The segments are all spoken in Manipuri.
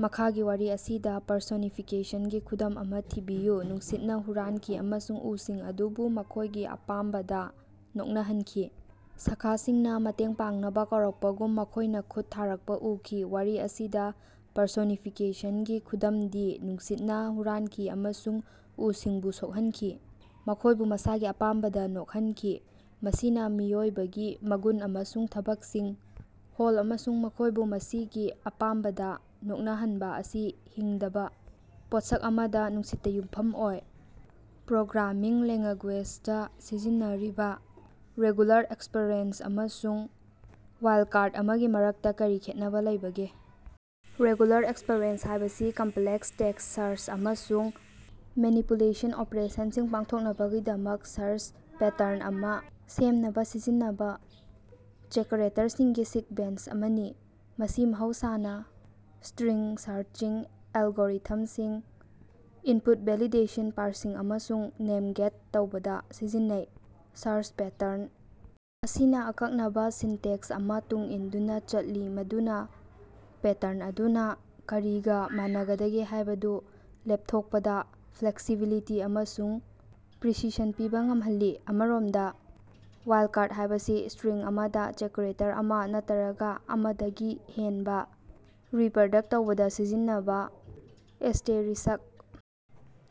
ꯃꯈꯥꯒꯤ ꯋꯥꯔꯤ ꯑꯁꯤꯗ ꯄꯔꯁꯣꯅꯤꯐꯤꯀꯦꯁꯟꯒꯤ ꯈꯨꯗꯝ ꯑꯃꯥ ꯊꯤꯕꯤꯌꯨ꯫ ꯅꯨꯡꯁꯤꯠꯅ ꯍꯨꯔꯥꯟꯈꯤ ꯑꯃꯁꯨꯡ ꯎꯁꯤꯡ ꯑꯗꯨꯕꯨ ꯃꯈꯣꯏꯒꯤ ꯑꯄꯥꯝꯕꯗ ꯅꯣꯛꯅꯍꯟꯈꯤ꯫ ꯁꯥꯈꯥꯁꯤꯡꯅꯥ ꯃꯇꯦꯡ ꯄꯥꯡꯅꯕ ꯀꯧꯔꯛꯄꯒꯨꯝ ꯃꯈꯣꯏꯅ ꯈꯨꯠ ꯊꯥꯔꯛꯄ ꯎꯈꯤ꯫ ꯋꯥꯔꯤ ꯑꯁꯤꯗ ꯄꯔꯁꯣꯅꯤꯐꯤꯀꯦꯁꯟꯒꯤ ꯈꯨꯗꯝꯗꯤ ꯅꯨꯡꯁꯤꯠꯅ ꯍꯨꯔꯥꯟꯈꯤ ꯑꯃꯁꯨꯡ ꯎꯁꯤꯡꯕꯨ ꯁꯣꯛꯍꯟꯈꯤ, ꯃꯈꯣꯏꯕꯨ ꯃꯁꯥꯒꯤ ꯑꯄꯥꯝꯕꯗꯥ ꯅꯣꯛꯍꯟꯈꯤ꯫ ꯃꯁꯤꯅꯥ ꯃꯤꯑꯣꯏꯕꯒꯤ ꯃꯒꯨꯟ ꯑꯃꯁꯨꯡ ꯊꯕꯛꯁꯤꯡ ꯍꯣꯜ ꯑꯃꯁꯨꯡ ꯃꯈꯣꯏꯕꯨ ꯃꯁꯤꯒꯤ ꯑꯄꯥꯝꯕꯗꯥ ꯅꯣꯛꯅꯍꯟꯕ ꯑꯁꯤ ꯍꯤꯡꯗꯕ ꯄꯣꯠꯁꯛ ꯑꯃꯗ, ꯅꯨꯡꯁꯤꯠꯇ ꯌꯨꯝꯐꯝ ꯑꯣꯏ꯫ ꯄ꯭ꯔꯣꯒ꯭ꯔꯥꯃꯤꯡ ꯂꯦꯉ꯭ꯒꯨꯌꯦꯖꯗ ꯁꯤꯖꯤꯟꯅꯔꯤꯕ ꯔꯦꯒꯨꯂꯥꯔ ꯑꯦꯛꯁꯄꯔꯦꯁ ꯑꯃꯁꯨꯡ ꯋꯥꯏꯜꯠꯀꯥꯔꯗ ꯑꯃꯒꯤ ꯃꯔꯛꯇꯥ ꯀꯔꯤ ꯈꯦꯠꯅꯕꯥ ꯂꯩꯕꯒꯦ? ꯔꯦꯒꯨꯂꯥꯔ ꯑꯦꯛꯁꯄꯔꯦꯁ ꯍꯥꯏꯕꯁꯤ ꯀꯝꯄꯂꯦꯛꯁ ꯇꯦꯛꯁ ꯁꯥꯔꯆ ꯑꯃꯁꯨꯡ ꯃꯦꯅꯤꯄꯨꯂꯦꯁꯟ ꯑꯣꯄꯔꯦꯁꯟꯁꯤꯡ ꯄꯥꯡꯊꯣꯛꯅꯕꯒꯤꯗꯃꯛ ꯁꯥꯔꯆ ꯄꯦꯇꯔꯟ ꯑꯃꯥ ꯁꯦꯝꯅꯕ ꯁꯤꯖꯤꯟꯅꯕ ꯆꯦꯀꯔꯦꯇꯔꯁꯤꯡꯒꯤ ꯁꯤꯛꯕꯦꯟꯁ ꯑꯃꯅꯤ꯫ ꯃꯁꯤ ꯃꯍꯧꯁꯥꯅ ꯁ꯭ꯇꯔꯤꯡ ꯁꯥꯔꯆꯤꯡ ꯑꯦꯜꯒꯣꯔꯤꯊꯝꯁꯤꯡ, ꯏꯟꯄꯨꯠ ꯚꯦꯂꯤꯗꯦꯁꯟ, ꯄꯥꯔꯁꯤꯡ, ꯑꯃꯁꯨꯡ ꯅꯦꯝ ꯇꯦꯒ ꯇꯧꯕꯗ ꯁꯤꯖꯤꯟꯅꯩ꯫ ꯁꯥꯔꯆ ꯄꯦꯇꯔꯟ ꯑꯁꯤꯅ ꯑꯀꯛꯅꯕ ꯁꯤꯟꯇꯦꯛꯁ ꯑꯃꯥ ꯇꯨꯡ ꯏꯟꯗꯨꯅ ꯆꯠꯂꯤ ꯃꯗꯨꯅꯥ ꯄꯦꯇꯔꯟ ꯑꯗꯨꯅꯥ ꯀꯔꯤꯒꯥ ꯃꯥꯟꯅꯒꯗꯒꯦ ꯍꯥꯏꯕꯗꯨ ꯂꯦꯞꯊꯣꯛꯄꯗ ꯐ꯭ꯂꯦꯛꯁꯤꯕꯤꯂꯤꯇꯤ ꯑꯃꯁꯨꯡ ꯄ꯭ꯔꯤꯁꯤꯁꯟ ꯄꯤꯕ ꯉꯝꯍꯜꯂꯤ꯫ ꯑꯃꯔꯣꯝꯗ, ꯋꯥꯏꯜꯗꯀꯥꯔꯗ ꯍꯥꯏꯕꯁꯤ ꯁ꯭ꯇꯔꯤꯡ ꯑꯃꯗ ꯆꯦꯀꯔꯦꯇꯔ ꯑꯃꯥ ꯅꯠꯇꯔꯒ ꯑꯃꯗꯒꯤ ꯍꯦꯟꯕ ꯔꯤꯄꯔꯗꯛ ꯇꯧꯕꯗ ꯁꯤꯖꯤꯟꯅꯕ ꯑꯦꯁ꯭ꯇꯦꯔꯤꯁ꯭ꯛ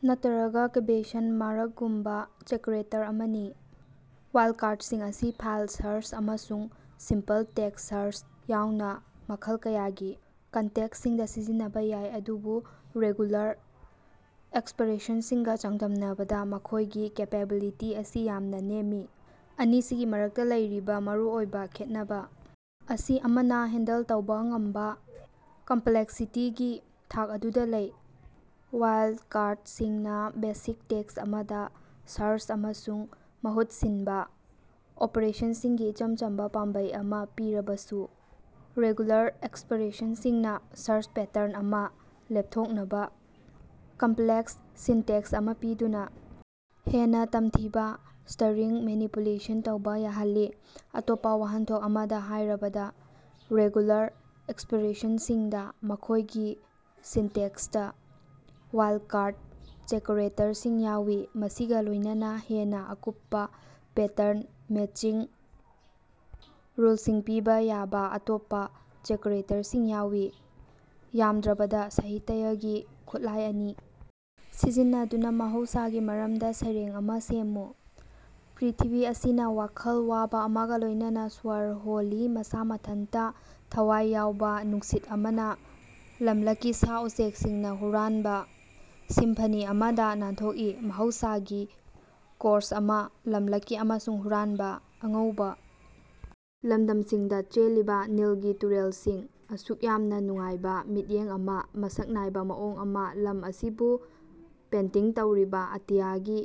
ꯅꯠꯇꯔꯒ ꯀ꯭ꯕꯦꯁꯟ ꯃꯥꯔꯛꯒꯨꯝꯕ ꯆꯦꯀꯔꯦꯇꯔ ꯑꯃꯅꯤ꯫ ꯋꯥꯏꯜꯗꯀꯥꯔꯗꯁꯤꯡ ꯑꯁꯤ ꯐꯥꯏꯜ ꯁꯥꯔꯆ ꯑꯃꯁꯨꯡ ꯁꯤꯝꯄꯜ ꯇꯦꯛꯁ ꯁꯥꯔꯆ ꯌꯥꯎꯅ ꯃꯈꯜ ꯀꯌꯥꯒꯤ ꯀꯟꯇꯦꯛꯁꯁꯤꯡꯗ ꯁꯤꯖꯤꯟꯅꯕ ꯌꯥꯏ, ꯑꯗꯨꯕꯨ ꯔꯦꯒꯨꯂꯥꯔ ꯑꯦꯛꯁꯄꯔꯦꯁꯟꯁꯤꯡꯒ ꯆꯥꯡꯗꯝꯅꯕꯗ ꯃꯈꯣꯏꯒꯤ ꯀꯦꯄꯦꯕꯤꯂꯤꯇꯤ ꯑꯁꯤ ꯌꯥꯝꯅꯥ ꯅꯦꯝꯃꯤ꯫ ꯑꯅꯤꯁꯤꯒꯤ ꯃꯔꯛꯇ ꯂꯩꯔꯤꯕ ꯃꯔꯨꯑꯣꯏꯕ ꯈꯦꯠꯅꯕ ꯑꯁꯤ ꯑꯃꯅꯥ ꯍꯦꯟꯗꯜ ꯇꯧꯕ ꯉꯝꯕꯥ ꯀꯝꯄꯂꯦꯛꯁꯤꯇꯤꯒꯤ ꯊꯥꯛ ꯑꯗꯨꯗ ꯂꯩ꯫ ꯋꯥꯏꯜꯗꯀꯥꯔꯗꯁꯤꯡꯅ ꯕꯦꯁꯤꯛ ꯇꯦꯛꯁ ꯑꯃꯗ ꯁꯥꯔꯆ ꯑꯃꯁꯨꯡ ꯃꯍꯨꯠ ꯁꯤꯟꯕ ꯑꯣꯄꯔꯦꯁꯟꯁꯤꯡꯒꯤ ꯏꯆꯝ ꯆꯝꯕ ꯄꯥꯝꯕꯩ ꯑꯃꯥ ꯄꯤꯔꯕꯁꯨ, ꯔꯦꯒꯨꯂꯥꯔ ꯑꯦꯛꯁꯄꯔꯦꯁꯟꯁꯤꯡꯅ ꯁꯥꯔꯆ ꯄꯦꯇꯔꯟ ꯑꯃ ꯂꯦꯞꯊꯣꯛꯅꯕ ꯀꯝꯄꯂꯦꯛꯁ ꯁꯤꯟꯇꯦꯛꯁ ꯑꯃꯥ ꯄꯤꯗꯨꯅ ꯍꯦꯟꯅ ꯇꯝꯊꯤꯕꯥ ꯁ꯭ꯇꯔꯤꯡ ꯃꯦꯅꯤꯄꯨꯂꯦꯁꯟ ꯇꯧꯕ ꯌꯥꯍꯜꯂꯤ꯫ ꯑꯇꯣꯞꯄ ꯋꯥꯍꯟꯊꯣꯛ ꯑꯃꯗ ꯍꯥꯏꯔꯕꯗ, ꯔꯦꯒꯨꯂꯥꯔ ꯑꯦꯛꯁꯄꯔꯦꯁꯟꯁꯤꯡꯗ ꯃꯈꯣꯏꯒꯤ ꯁꯤꯟꯇꯦꯛꯁꯇ ꯋꯥꯏꯜꯠꯀꯥꯔꯗ ꯆꯦꯀꯔꯦꯇꯔꯁꯤꯡ ꯌꯥꯎꯏ, ꯃꯁꯤꯒ ꯂꯣꯏꯅꯅꯥ ꯍꯦꯟꯅ ꯑꯀꯨꯞꯄ ꯄꯦꯇꯔꯟ ꯃꯦꯆꯤꯡ ꯔꯨꯜꯁꯤꯡ ꯄꯤꯕ ꯌꯥꯕ ꯑꯇꯣꯞꯄ ꯆꯦꯀꯔꯦꯇꯔꯁꯤꯡ ꯌꯥꯎꯏ꯫ ꯌꯥꯝꯗ꯭ꯔꯕꯗ ꯁꯥꯍꯤꯇꯌꯒꯤ ꯈꯨꯠꯂꯥꯏ ꯑꯅꯤ ꯁꯤꯖꯤꯟꯅꯗꯨꯅ ꯃꯍꯧꯁꯥꯒꯤ ꯃꯔꯝꯗ ꯁꯩꯔꯦꯡ ꯑꯃꯥ ꯁꯦꯝꯃꯨ꯫ ꯄ꯭ꯔ꯭ꯏꯊꯤꯕꯤ ꯑꯁꯤꯅ ꯋꯥꯈꯜ ꯋꯥꯕ ꯑꯃꯒ ꯂꯣꯏꯅꯅꯥ ꯁ꯭ꯋꯔ ꯍꯣꯜꯂꯤ ꯃꯁꯥ ꯃꯊꯟꯇꯥ ꯊꯋꯥꯏ ꯌꯥꯎꯕ ꯅꯨꯡꯁꯤꯠ ꯑꯃꯅꯥ, ꯂꯝꯂꯛꯀꯤ ꯁꯥ-ꯎꯆꯦꯛꯁꯤꯡꯅ ꯍꯨꯔꯥꯟꯕ ꯁꯤꯝꯐꯅꯤ ꯑꯃꯗꯥ ꯅꯥꯟꯊꯣꯛꯏ, ꯃꯍꯧꯁꯥꯒꯤ ꯀꯣꯔꯁ ꯑꯃꯥ, ꯂꯝꯂꯛꯀꯤ ꯑꯃꯁꯨꯡ ꯍꯨꯔꯥꯟꯕꯥ꯫ ꯑꯉꯧꯕ ꯂꯝꯗꯝꯁꯤꯡꯗ ꯆꯦꯜꯂꯤꯕ ꯅꯤꯜꯒꯤ ꯇꯨꯔꯦꯜꯁꯤꯡ, ꯑꯁꯨꯛ ꯌꯥꯝꯅꯥ ꯅꯨꯡꯉꯥꯏꯕ ꯃꯤꯠꯌꯦꯡ ꯑꯃꯥ, ꯃꯁꯛ ꯅꯥꯏꯕ ꯃꯑꯣꯡ ꯑꯃꯥ; ꯂꯝ ꯑꯁꯤꯕꯨ ꯄꯦꯟꯇꯤꯡ ꯇꯧꯔꯤꯕ ꯑꯇꯤꯌꯥꯒꯤ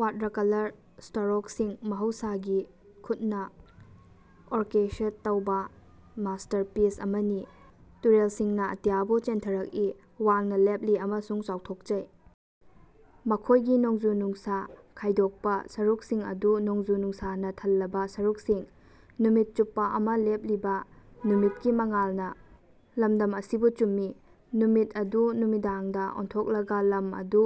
ꯋꯥꯠꯔꯀꯂꯔ ꯁ꯭ꯇꯔꯣꯛꯁꯤꯡ ꯃꯍꯧꯁꯥꯒꯤ ꯈꯨꯠꯅ ꯑꯣꯔꯀꯦꯁ꯭ꯠ ꯇꯧꯕꯥ ꯃꯥꯁ꯭ꯇꯔꯄꯤꯁ ꯑꯃꯅꯤ꯫ ꯇꯨꯔꯦꯜꯁꯤꯡꯅ ꯑꯇꯤꯌꯥꯕꯨ ꯆꯦꯟꯊꯔꯛꯏ, ꯋꯥꯡꯅ ꯂꯦꯞꯂꯤ ꯑꯃꯁꯨꯡ ꯆꯥꯎꯊꯣꯛꯆꯩ, ꯃꯈꯣꯏꯒꯤ ꯅꯣꯡꯖꯨ-ꯅꯨꯡꯁꯥ ꯈꯥꯏꯗꯣꯛꯄ ꯁꯔꯨꯛꯁꯤꯡ ꯑꯗꯨ ꯅꯣꯡꯖꯨ-ꯅꯨꯡꯁꯥꯅ ꯊꯜꯂꯕ ꯁꯔꯨꯛꯁꯤꯡ꯫ ꯅꯨꯃꯤꯠ ꯆꯨꯞꯄ ꯑꯃꯥ ꯂꯦꯞꯂꯤꯕ ꯅꯨꯃꯤꯠꯀꯤ ꯃꯉꯥꯜꯅ ꯂꯝꯗꯝ ꯑꯁꯤꯕꯨ ꯆꯨꯝꯃꯤ, ꯅꯨꯃꯤꯠ ꯑꯗꯨ ꯅꯨꯃꯤꯗꯥꯡꯗ ꯑꯣꯟꯊꯣꯛꯂꯒ ꯂꯝ ꯑꯗꯨ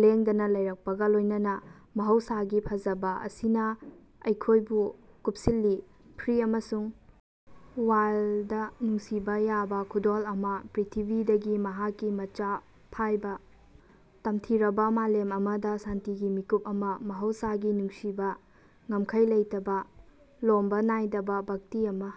ꯂꯦꯡꯗꯅꯥ ꯂꯩꯔꯛꯄꯒ ꯂꯣꯏꯅꯅꯥ꯫ ꯃꯍꯧꯁꯥꯒꯤ ꯐꯖꯕꯥ ꯑꯁꯤꯅ ꯑꯩꯈꯣꯏꯕꯨ ꯀꯨꯞꯁꯤꯜꯂꯤ, ꯐ꯭ꯔꯤ ꯑꯃꯁꯨꯡ ꯋꯥꯏꯜꯗ ꯅꯨꯡꯁꯤꯕꯥ ꯌꯥꯕꯥ ꯈꯨꯗꯣꯜ ꯑꯃꯥ, ꯄ꯭ꯔ꯭ꯏꯊꯤꯕꯤꯗꯒꯤ ꯃꯍꯥꯛꯀꯤ ꯃꯆꯥ ꯐꯥꯏꯕ꯫ ꯇꯝꯊꯤꯔꯕ ꯃꯥꯂꯦꯝ ꯑꯃꯗ ꯁꯥꯟꯇꯤꯒꯤ ꯃꯤꯀꯨꯞ ꯑꯃꯥ, ꯃꯍꯧꯁꯥꯒꯤ ꯅꯨꯡꯁꯤꯕꯥ, ꯉꯝꯈꯩ ꯂꯩꯇꯕꯥ, ꯂꯣꯝꯕꯥ ꯅꯥꯏꯗꯕ ꯚꯛꯇꯤ ꯑꯃꯥ꯫